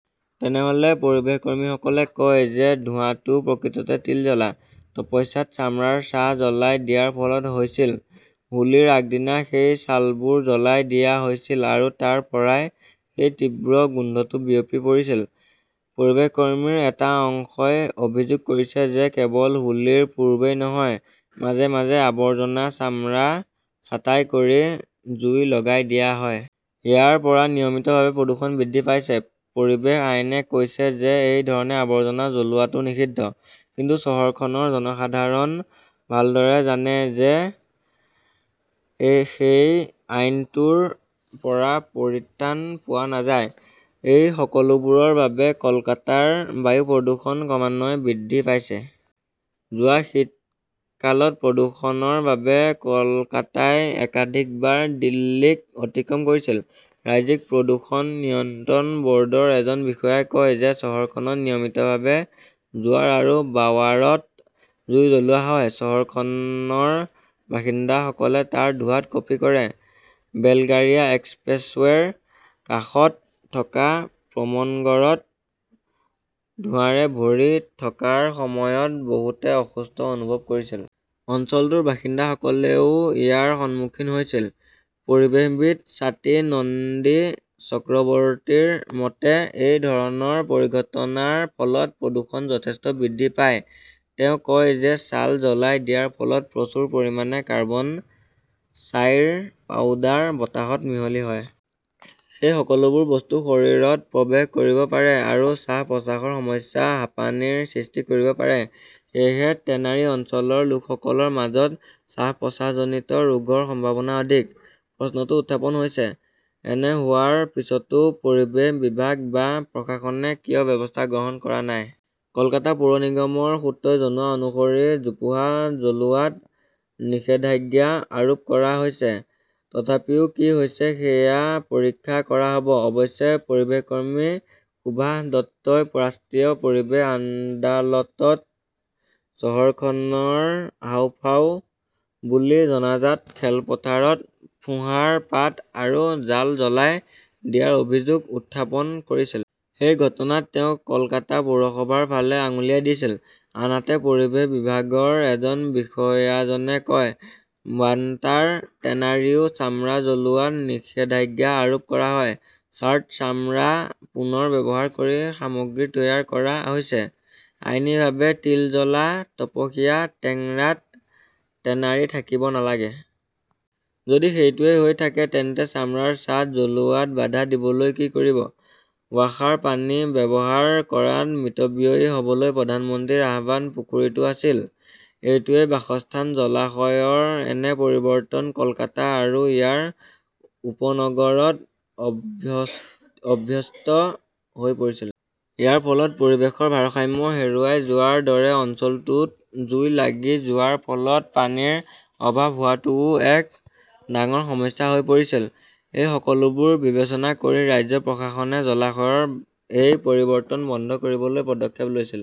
তেনেহলে? পৰিৱেশকৰ্মীসকলে কয় যে, ধোঁৱাটো প্ৰকৃততে তিলজলা, তপস্যাত চামৰাৰ ছাঁ জ্বলাই দিয়াৰ ফলত হৈছিল। হোলীৰ আগদিনা সেই ছালবোৰ জ্বলাই দিয়া হৈছিল আৰু তাৰ পৰাই সেই তীব্ৰ গোন্ধটো বিয়পি পৰিছিল। পৰিৱেশকৰ্মীৰ এটা অংশই অভিযোগ কৰিছে যে, কেৱল হোলীৰ পূৰ্বেই নহয়, মাজে মাজে আৱৰ্জনা চামৰা ছাঁটাই কৰি জুই লগাই দিয়া হয়। ইয়াৰ পৰা নিয়মিতভাৱে প্ৰদূষণ বৃদ্ধি পাইছে। পৰিৱেশ আইনে কৈছে যে, এই ধৰণে আৱৰ্জনা জ্বলোৱাটো নিষিদ্ধ। কিন্তু চহৰখনৰ জনসাধাৰণ ভালদৰে জানে যে, সেই আইনটোৰ পৰা পৰিত্ৰাণ পোৱা নাযায়। এই সকলোবোৰৰ বাবে কলকাতাৰ বায়ু প্ৰদূষণ ক্ৰমান্বয়ে বৃদ্ধি পাইছে। যোৱা শীতকালত প্ৰদূষণৰ বাবে কলকাতাই একাধিকবাৰ দিল্লীক অতিক্ৰম কৰিছিল। ৰাজ্যিক প্ৰদূষণ নিয়ন্ত্ৰণ বৰ্ডৰ এজন বিষয়াই কয় যে, চহৰখনত নিয়মিতভাৱে জোৱাৰ আৰু বাৱাৰত জুই জ্বলোৱা হয়। চহৰখনৰ বাসিন্দাসকলে তাৰ ধোঁৱাত কঁপি পৰে। বেলগাৰিয়া এক্সপ্ৰেছৱেৰ কাষত থকা প্ৰমনগৰত ধোঁৱাৰে ভৰি থকাৰ সময়ত বহুতে অসুস্থ অনুভৱ কৰিছিল। অঞ্চলটোৰ বাসিন্দাসকলেও ইয়াৰ সন্মুখীন হৈছিল। পৰিৱেশবিদ স্বাতী নন্দী চক্ৰৱৰ্তীৰ মতে, এই ধৰণৰ পৰিঘটনাৰ ফলত প্ৰদূষণ যথেষ্ট বৃদ্ধি পায়। তেওঁ কয় যে, ছাল জ্বলাই দিয়াৰ ফলত প্ৰচুৰ পৰিমাণে কাৰ্বন, ছাইৰ পাউডাৰ বতাহত মিহলি হয়। সেই সকলোবোৰ বস্তু শৰীৰত প্ৰৱেশ কৰিব পাৰে আৰু শ্বাস-প্ৰশ্বাসৰ সমস্যা, হাঁপানিৰ সৃষ্টি কৰিব পাৰে। সেয়েহে টেনাৰী অঞ্চলৰ লোকসকলৰ মাজত শ্বাস-প্ৰশ্বাসজনিত ৰোগৰ সম্ভাৱনা অধিক। প্ৰশ্নটো উত্থাপন হৈছে, এনে হোৱাৰ পিছতো পৰিৱেশ বিভাগ বা প্ৰশাসনে কিয় ব্যৱস্থা গ্ৰহণ কৰা নাই? কলকাতা পৌৰ নিগমৰ সূত্ৰই জনোৱা অনুসৰি, জোপোহা জ্বলোৱাত নিষেধাজ্ঞা আৰোপ কৰা হৈছে। তথাপিও কি হৈছে সেয়া পৰীক্ষা কৰা হব। অৱশ্যে পৰিৱেশকৰ্মী সুভাষ দত্তই ৰাষ্ট্ৰীয় পৰিৱেশ আদালতত চহৰখনৰ হাঁওফাঁও বুলি জনাজাত খেলপথাৰত ফোঁহাৰ পাত আৰু জাল জ্বলাই দিয়াৰ অভিযোগ উত্থাপন কৰিছিল। সেই ঘটনাত তেওঁ কলকাতা পৌৰসভাৰ ফালে আঙুলিয়াই দিছিল। আনহাতে, পৰিৱেশ বিভাগৰ এজন বিষয়াজনে কয়, "বান্টাৰ টেনাৰীও চামৰা জ্বলোৱাত নিষেধাজ্ঞা আৰোপ কৰা হয়। ছাৰ্ট চামৰা পুনৰ ব্যৱহাৰ কৰি সামগ্ৰী তৈয়াৰ কৰা হৈছে। আইনীভাৱে তিলজলা, তপসিয়া, টেংৰাত টেনাৰী থাকিব নালাগে। যদি সেইটোৱেই হৈ থাকে, তেন্তে চামৰাৰ ছাদ জ্বলোৱাত বাধা দিবলৈ কি কৰিব?"। ৱাসাৰ পানী ব্যৱহাৰ কৰাত মিতব্যয়ী হবলৈ প্ৰধানমন্ত্ৰীৰ আহ্বান পুখুৰীটো আছিল। এইটোৱেই বাসস্থান। জলাশয়ৰ এনে পৰিৱৰ্তন কলকাতা আৰু ইয়াৰ উপনগৰত অভ্যস্ত হৈ পৰিছিল। ইয়াৰ ফলত পৰিৱেশৰ ভাৰসাম্য হেৰুৱাই যোৱাৰ দৰে অঞ্চলটোত জুই লাগি যোৱাৰ ফলত পানীৰ অভাৱ হোৱাটোও এক ডাঙৰ সমস্যা হৈ পৰিছিল। এই সকলোবোৰ বিবেচনা কৰি, ৰাজ্য প্ৰশাসনে জলাশয়ৰ এই পৰিৱৰ্তন বন্ধ কৰিবলৈ পদক্ষেপ লৈছিল।